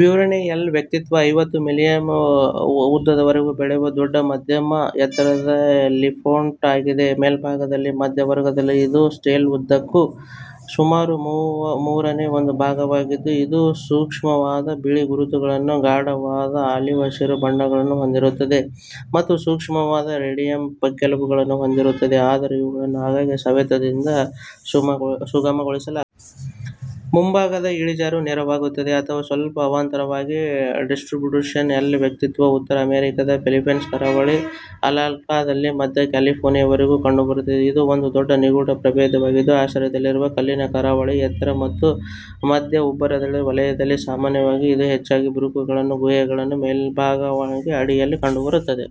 ವಿವರಣೆ ಎಲ್. ವ್ಯಕ್ತಿತ್ವವು ಐವತ್ತು ಮಿಲಿಮೀಟರ್ ಉದ್ದದವರೆಗೆ ಬೆಳೆಯುವ ದೊಡ್ಡ, ಮಧ್ಯಮ ಎತ್ತರದ ಲಿಂಪೆಟ್ ಆಗಿದೆ. ಮೇಲ್ಭಾಗವು ಮಧ್ಯದಲ್ಲಿರುವುದಿಲ್ಲ, ಇದು ಶೆಲ್ನ ಉದ್ದಕ್ಕೂ ಸುಮಾರು ಮೂರನೇ ಒಂದು ಭಾಗವಾಗಿದ್ದು, ಇದು ಸೂಕ್ಷ್ಮವಾದ ಬಿಳಿ ಗುರುತುಗಳೊಂದಿಗೆ ಗಾಢವಾದ ಆಲಿವ್-ಹಸಿರು ಬಣ್ಣವನ್ನು ಹೊಂದಿರುತ್ತದೆ ಮತ್ತು ಸೂಕ್ಷ್ಮವಾದ ರೇಡಿಯಲ್ ಪಕ್ಕೆಲುಬುಗಳನ್ನು ಹೊಂದಿರುತ್ತದೆ, ಆದರೂ ಇವುಗಳನ್ನು ಆಗಾಗ್ಗೆ ಸವೆತದಿಂದ ಸುಗಮಗೊಳಿಸಲಾಗುತ್ತದೆ. ಮುಂಭಾಗದ ಇಳಿಜಾರು ನೇರವಾಗಿರುತ್ತದೆ ಅಥವಾ ಸ್ವಲ್ಪ ಅವತಲವಾಗಿರುತ್ತದೆ. Distribution L. ವ್ಯಕ್ತಿತ್ವವು ಉತ್ತರ ಅಮೆರಿಕಾದ ಪೆಸಿಫಿಕ್ ಕರಾವಳಿಯಲ್ಲಿ ಅಲಾಸ್ಕಾದಿಂದ ಮಧ್ಯ ಕ್ಯಾಲಿಫೋರ್ನಿಯಾದವರೆಗೆ ಕಂಡುಬರುತ್ತದೆ. ಇದು ಒಂದು ನಿಗೂಢ ಪ್ರಭೇದವಾಗಿದ್ದು, ಆಶ್ರಯದಲ್ಲಿರುವ ಕಲ್ಲಿನ ಕರಾವಳಿಯಲ್ಲಿನ ಎತ್ತರದ ಮತ್ತು ಮಧ್ಯ-ಉಬ್ಬರವಿಳಿತದ ವಲಯಗಳಿಗೆ ಸಾಮಾನ್ಯವಾಗಿದೆ. ಇದು ಹೆಚ್ಚಾಗಿ ಬಿರುಕುಗಳು ಮತ್ತು ಗುಹೆಗಳಲ್ಲಿ ಮತ್ತು ಮೇಲ್ಛಾವಣಿಗಳ ಅಡಿಯಲ್ಲಿ ಕಂಡುಬರುತ್ತದೆ.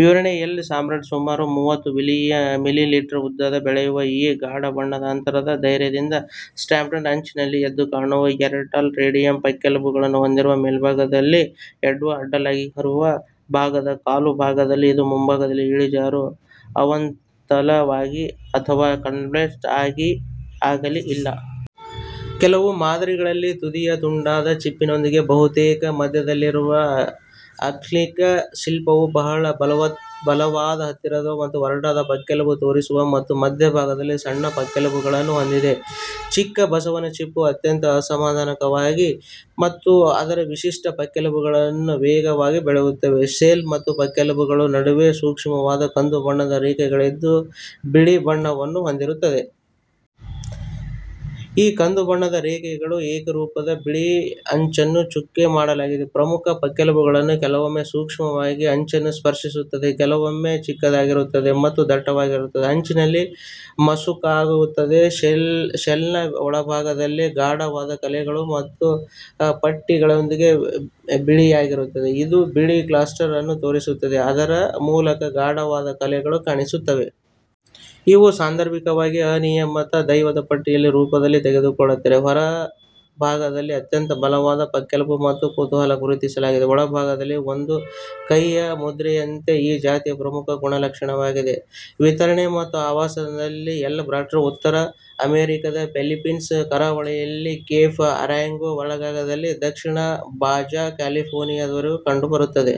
ವಿವರಣೆ ಎಲ್. ಸ್ಕ್ಯಾಬ್ರಾ ಸುಮಾರು ಮೂವತ್ತೈದು ಮಿಲಿಮೀಟರ್ ಉದ್ದದವರೆಗೆ ಬೆಳೆಯುತ್ತದೆ ಮತ್ತು ಗಾಢ ಬಣ್ಣದ ಅಂತರಗಳು ಮತ್ತು ಧೈರ್ಯದಿಂದ ಸ್ಕ್ಯಾಲೋಪ್ಡ್ ಅಂಚಿನೊಂದಿಗೆ ಎದ್ದುಕಾಣುವ ಒರಟಾದ ರೇಡಿಯಲ್ ಪಕ್ಕೆಲುಬುಗಳನ್ನು ಹೊಂದಿರುತ್ತದೆ. ಮೇಲ್ಭಾಗವು ಶೆಲ್ಗೆ ಅಡ್ಡಲಾಗಿ ಇರುವ ಮಾರ್ಗದ ಕಾಲು ಭಾಗವಾಗಿದೆ ಮತ್ತು ಮುಂಭಾಗದ ಇಳಿಜಾರು ಅವತಲವಾಗಲೀ ಅಥವಾ ಕನ್ವೆಕ್ಸ್ ಆಗಲೀ ಇಲ್ಲ. ಕೆಲವು ಮಾದರಿಗಳಲ್ಲಿ ತುದಿಯು ದುಂಡಾದ ಚಿಪ್ಪಿನೊಂದಿಗೆ ಬಹುತೇಕ ಮಧ್ಯದಲ್ಲಿರುತ್ತದೆ. ಅಕ್ಷೀಯ ಶಿಲ್ಪವು ಬಹಳ ಬಲವಾದ, ಹತ್ತಿರದ, ಒರಟಾದ ಪಕ್ಕೆಲುಬುಗಳನ್ನು ತೋರಿಸುತ್ತದೆ ಮತ್ತು ಮಧ್ಯದಲ್ಲಿ ಸಣ್ಣ ಮಧ್ಯದ ಪಕ್ಕೆಲುಬುಗಳನ್ನು ಹೊಂದಿದೆ. ಚಿಕ್ಕ ಬಸವನ ಚಿಪ್ಪು ಅತ್ಯಂತ ಅಸಮಾನವಾಗಿದೆ ಮತ್ತು ಅದರ ವಿಶಿಷ್ಟ ಪಕ್ಕೆಲುಬುಗಳು ವೇಗವಾಗಿ ಬೆಳೆಯುತ್ತವೆ. ಶೆಲ್ ಮುಖ್ಯ ಪಕ್ಕೆಲುಬುಗಳ ನಡುವೆ ಸೂಕ್ಷ್ಮವಾದ ಕಂದು ಬಣ್ಣದ ರೇಖೆಗಳೊಂದಿಗೆ ಬಿಳಿ ಬಣ್ಣವನ್ನು ಹೊಂದಿರುತ್ತದೆ. ಈ ಕಂದು ಬಣ್ಣದ ರೇಖೆಗಳು ಏಕರೂಪದ ಬಿಳಿ ಅಂಚನ್ನು ಚುಕ್ಕೆ ಮಾಡುತ್ತವೆ. ಪ್ರಮುಖ ಪಕ್ಕೆಲುಬುಗಳು ಕೆಲವೊಮ್ಮೆ ತೀಕ್ಷ್ಣವಾಗಿರುತ್ತವೆ, ಅಂಚನ್ನು ಸ್ಪರ್ಶಿಸುತ್ತವೆ. ಕೆಲವೊಮ್ಮೆ ಅವು ಚಿಕ್ಕದಾಗಿರುತ್ತವೆ ಮತ್ತು ದಟ್ಟವಾಗಿರುತ್ತವೆ, ಅಂಚಿನಲ್ಲಿ ಮಸುಕಾಗುತ್ತವೆ. ಶೆಲ್ನ ಒಳಭಾಗವು ಗಾಢವಾದ ಕಲೆಗಳು ಮತ್ತು ಪಟ್ಟಿಗಳೊಂದಿಗೆ ಬಿಳಿಯಾಗಿರುತ್ತದೆ. ಇದು ಬಿಳಿ ಕಾಲ್ಲಸ್ ಅನ್ನು ತೋರಿಸುತ್ತದೆ, ಅದರ ಮೂಲಕ ಗಾಢವಾದ ಕಲೆಗಳು ಕಾಣಿಸಿಕೊಳ್ಳುತ್ತವೆ. ಇವು ಸಾಂದರ್ಭಿಕವಾಗಿ ಅನಿಯಮಿತ ದೆವ್ವದ ಪಟ್ಟಿಗಳ ರೂಪವನ್ನು ತೆಗೆದುಕೊಳ್ಳುತ್ತವೆ. ಹೊರಭಾಗದಲ್ಲಿ ಅತ್ಯಂತ ಬಲವಾದ ಪಕ್ಕೆಲುಬುಗಳು ಮತ್ತು ಕುತೂಹಲದಿಂದ ಗುರುತಿಸಲಾದ ಒಳಭಾಗವು, ಒಂದು ಕೈಯ ಮುದ್ರೆಯಂತೆ, ಈ ಜಾತಿಯ ಪ್ರಮುಖ ಗುಣಲಕ್ಷಣಗಳಾಗಿವೆ. ವಿತರಣೆ ಮತ್ತು ಆವಾಸಸ್ಥಾನ ಎಲ್. ಸ್ಕ್ಯಾಬ್ರಾವು ಉತ್ತರ ಅಮೆರಿಕದ ಪೆಸಿಫಿಕ್ ಕರಾವಳಿಯಲ್ಲಿ ಕೇಪ್ ಅರಾಗೊ, ಒರೆಗಾನ್ನಿಂದ ದಕ್ಷಿಣ ಬಾಜಾ ಕ್ಯಾಲಿಫೋರ್ನಿಯಾದವರೆಗೆ ಕಂಡುಬರುತ್ತದೆ.